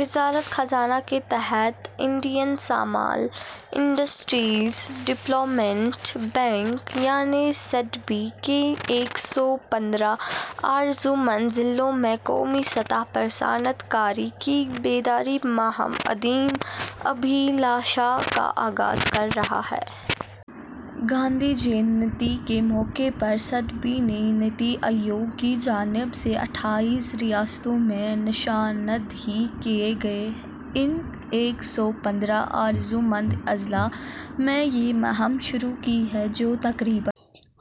وزارت خزانہ کے تحت Indian small industries development bank یعنی سڈبی نے ایک سو پندرہ آرزومند ضلعوں میں قومی سطح پر صنعت کاری کی بیداری مہم ادیم ابھیلاشا کا آغاز کر دیا ہے گاندھی جے نتی کے موقع پر سڈبی نے نیتی آیوگ کی جانب سے اٹھائیس ریاستوں میں نشاندہی کیے گئے ان ایک سو پندرہ آرزومند اضلاع میں یہ مہم شروع کی ہے جو تقریباً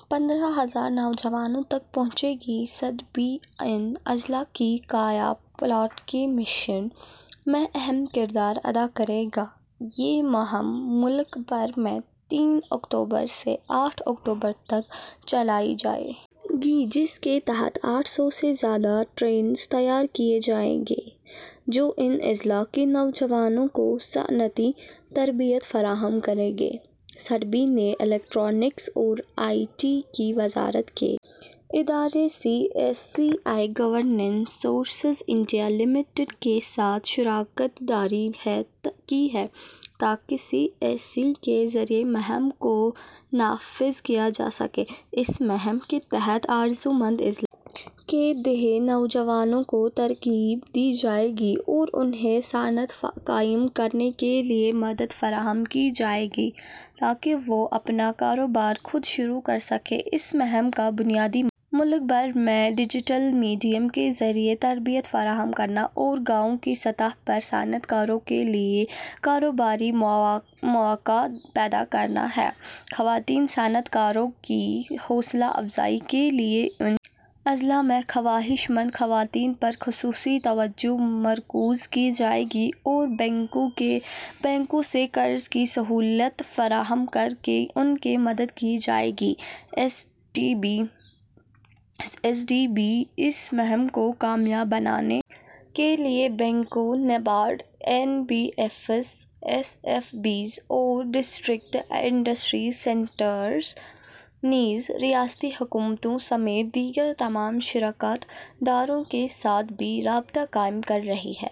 پندرہ ہزار نوجوانوں تک پہنچے گی سڈبی ان اضلاع کی کایا پلٹ کے مشن میں اہم کردار ادا کرے گا یہ مہم ملک بھر میں تین اکتوبر سے آٹھ اکتوبر تک چلائی جائے گی جس کے تحت آٹھ سو سے زیادہ ٹرینرز تیار کیے جائیں گے جو ان اضلاع کے نوجوانوں کو صنعتی تربیت فراہم کریں گے سڈبی نے الیکٹرونکس اور آئی ٹی کی وزارت کے ادارے C S C e governance services India limited کے ساتھ شراکت داری کی ہے تاکہ سی ایس سی کے ذریعے مہم کو نافذ کیا جا سکے اس مہم کے تحت آرزومند اضلاع کے دیہی نوجوانوں کو ترغیب دی جائے گی اور انہیں صنعت قائم کرنے کے لیے مدد فراہم کی جائے گی تاکہ وہ اپنا کاروبار خود شروع کر سکیں اس مہم کا بنیادی مقصد ملک بھر میں ڈیجیٹل میڈیم کے ذریعے تربیت فراہم کرنا اور گاؤں کی سطح پر صنعت کاروں کے لیے کاروباری مواقع پیدا کرنا ہے خواتین صنعت کاروں کی حوصلہ افزائی کے لیے ان اضلاع میں خواہش مند خواتین پر خصوصی توجہ مرکوز کی جائے گی اور بینکوں سے قرض کی سہولت فراہم کر کے ان کی مدد کی جائے گی سڈبی اس مہم کو کامیاب بنانے کے لیے بینکوں NABARD N B F Cs S F Bs اور ڈسٹرکٹ انڈسٹریز سینٹرز نیز ریاستی حکومتوں سمیت دیگر تمام شراکت داروں کے ساتھ بھی رابطہ قائم کر رہی ہے